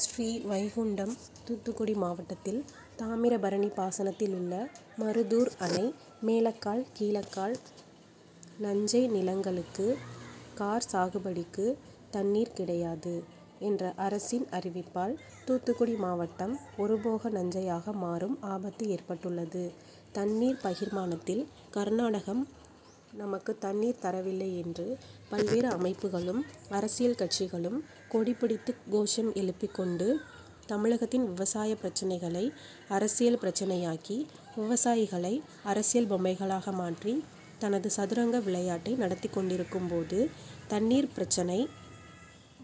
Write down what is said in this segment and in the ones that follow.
ஸ்ரீவைகுண்டம் தூத்துக்குடி மாவட்டத்தில் தாமிரபரணி பாசனத்தில் உள்ள மருதூர் அணை மேலக்கால் கீழக்கால் நஞ்சை நிலங்களுக்கு கார் சாகுபடிக்கு தண்ணீர் கிடையாது என்ற அரசின் அறிவிப்பால் தூத்துக்குடி மாவட்டம் ஒருபோக நஞ்சையாக மாறும் ஆபத்து ஏற்பட்டுள்ளது. தண்ணீர் பகிர்மானத்தில் கர்நாடகம் நமக்கு தண்ணீர் தரவில்லை என்று பல்வேறு அமைப்புகளும், அரசியல்கட்சிகளும் கொடி பிடித்து கோஷம் எழுப்பி கொண்டு தமிழகத்தின் விவசாய பிரச்னைகளை அரசியல் பிரச்னையாக்கி, விவசாயிகளை அரசியல் பொம்மைகளாக மாற்றி தனது சதுரங்க விளையாட்டை நடத்தி கொண்டிருக்கும் போது தண்ணீர் பிரச்னை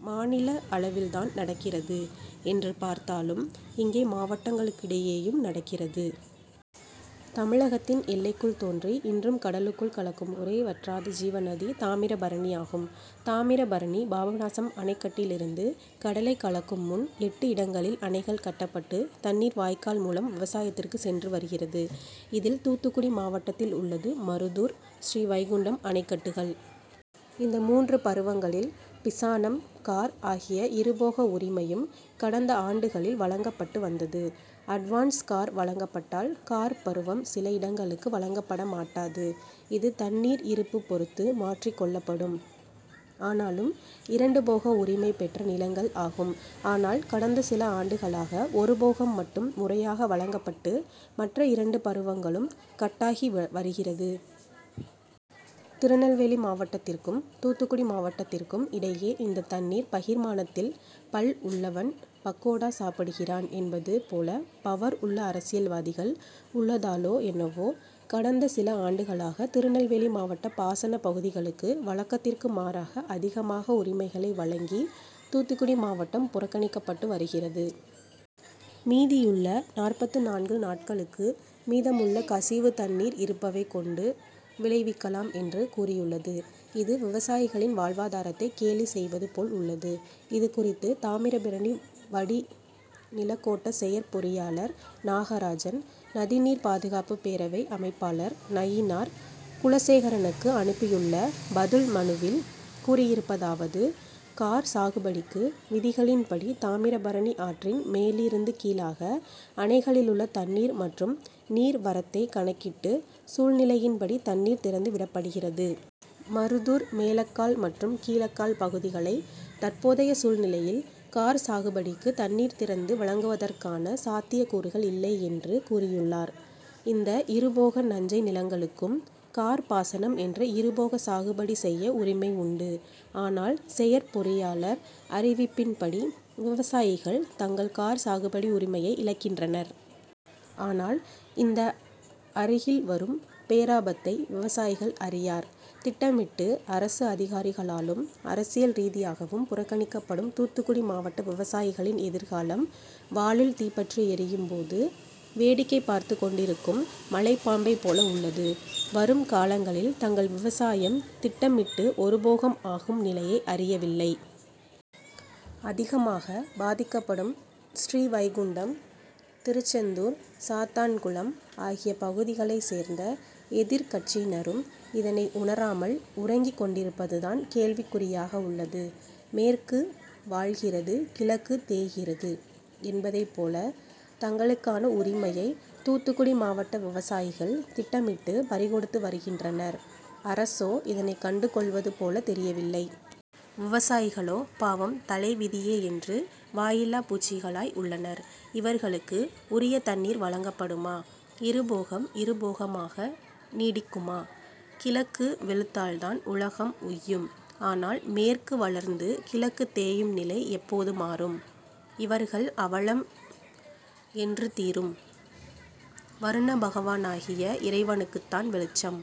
மாநில அளவில்தான் நடக்கிறது என்று பார்த்தாலும் இங்கே மாவட்டங்களுக்கிடையேயும் நடக்கிறது. தமிழகத்தின் எல்லைக்குள் தோன்றி இன்றும் கடலுக்குள் கலக்கும் ஒரே வற்றாத ஜீவநதி தாமிரபரணி ஆகும். தாமிரபரணி பாபநாசம் அணைக்கட்டிலிருந்து கடலை கலக்கும் முன் எட்டு இடங்களில் அணைகள் கட்டப்பட்டு தண்ணீர் வாய்க்கால் மூலம் விவசாயத்திற்கு சென்று வருகிறது. இதில் தூத்துக்குடி மாவட்டத்தில் உள்ளது மருதூர், ஸ்ரீவைகுண்டம் அணைக்கட்டுகள். இந்த மூன்று பருவங்களில் பிசானம், கார் ஆகிய இருபோக உரிமையும் கடந்த ஆண்டுகளில் வழங்கப்பட்டு வந்தது. அட்வான்ஸ் கார் வழங்கப்பட்டால் கார்பருவம் சில இடங்களுக்கு வழங்க படமாட்டாது. இது தண்ணீர் இருப்பு பொறுத்து மாற்றி கொள்ளப்படும். ஆனாலும் இரண்டுபோக உரிமை பெற்ற நிலங்கள் ஆகும். ஆனால் கடந்த சில ஆண்டுகளாக ஒரு போகம் மட்டும் முறையாக வழங்கப்பட்டு மற்ற இரண்டு பருவங்களும் கட்டாகி வருகிறது. திருநெல்வேலி மாவட்டத்திற்கும், தூத்துக்குடி மாவட்டத்திற்கும் இடையே இந்த தண்ணீர் பகிர்மானத்தில் பல் உள்ளவன் பக்கோடா சாப்பிடுகிறான் என்பது போல பவர் உள்ள அரசியல்வாதிகள் உள்ளதாலோ என்னவோ கடந்த சில ஆண்டுகளாக திருநெல்வேலி மாவட்ட பாசன பகுதிகளுக்கு வழக்கத்திற்கு மாறாக அதிகமாக உரிமைகளை வழங்கி தூத்துக்குடி மாவட்டம் புறக்கணிக்கப்பட்டு வருகிறது. மீதி உள்ள நாற்பத்து நான்கு நாட்களுக்கு மீதமுள்ள கசிவு தண்ணீர் இருப்பைக் கொண்டு விளைவிக்கலாம் என்று கூறியுள்ளது. இது விவசாயிகளின் வாழ்வாதாரத்தை கேலி செய்வது போல் உள்ளது. இதுகுறித்து தாமிரபரணி வடிநிலக்கோட்ட செயற்பொறியாளர் நாகராஜன், நதிநீர் பாதுகாப்பு பேரவை அமைப்பாளர் நயினார் குலசேகரனுக்கு அனுப்பியுள்ள பதில் மனுவில் கூறியிருப்பதாவது, கார் சாகுபடிக்கு விதிகளின்படி தாமிரபரணி ஆற்றின் மேலிருந்து கீழாக அணைகளிலுள்ள தண்ணீர் மற்றும் நீர் வரத்தை கணக்கிட்டு சூழ்நிலையின்படி தண்ணீர் திறந்துவிடப்படுகிறது. மருதூர் மேலக்கால் மற்றும் கீழக்கால் பகுதிகளை தற்போதைய சூழ்நிலையில் கார் சாகுபடிக்கு தண்ணீர் திறந்து வழங்குவதற்கான சாத்திய கூறுகள் இல்லை என்று கூறியுள்ளார். இந்த இருபோக நஞ்சை நிலங்களுக்கும் கார் பாசனம் என்ற இருபோக சாகுபடி செய்ய உரிமை உண்டு. ஆனால் செயற் பொறியாளர் அறிவிப்பின்படி விவசாயிகள் தங்கள் கார்சாகுபடி உரிமையை இழக்கின்றனர். ஆனால் இந்த அருகில் வரும் பேராபத்தை விவசாயிகள் அறியார். திட்டமிட்டு அரசு அதிகாரிகளாலும், அரசியல் ரீதியாகவும் புறக்கணிக்கப்படும் தூத்துக்குடி மாவட்ட விவசாயிகளின் எதிர்காலம் வாலில் தீப்பற்றி எரியும் போது வேடிக்கை பார்த்துக் கொண்டிருக்கும் மலைப்பாம்பை போல உள்ளது. வரும் காலங்களில் தங்கள் விவசாயம் திட்டமிட்டு ஒருபோகம் ஆகும் நிலையை அறியவில்லை. அதிகமாக பாதிக்கப்படும் ஸ்ரீவைகுண்டம், திருச்செந்தூர், சாத்தான்குளம் ஆகிய பகுதிகளைச் சேர்ந்த எதிர்கட்சியினரும் இதனை உணராமல் உறங்கிக் கொண்டிருப்பதுதான் கேள்விக் குறியாக உள்ளது. மேற்கு வாழ்கிறது, கிழக்கு தேய்கிறது என்பதை போல தங்களுக்கான உரிமையை தூத்துக்குடி மாவட்ட விவசாயிகள் திட்டமிட்டு பறிகொடுத்து வருகின்றனர். அரசோ இதனைக் கண்டு கொள்வது போல தெரியவில்லை. விவசாயிகளோ பாவம் தலைவிதியே என்று வாயில்லா பூச்சிகளாய் உள்ளனர். இவர்களுக்கு உரிய தண்ணீர் வழங்கப்படுமா? இருபோகம் இருபோகமாக நீடிக்குமா? கிழக்கு வெளுத்தால்தான் உலகம் உய்யும். ஆனால் மேற்கு வளர்ந்து கிழக்கு தேயும் நிலை எப்போது மாறும். இவர்கள் அவலம் என்று தீரும். வருணபகவானாகிய இறைவனுக்குதான் வெளிச்சம்.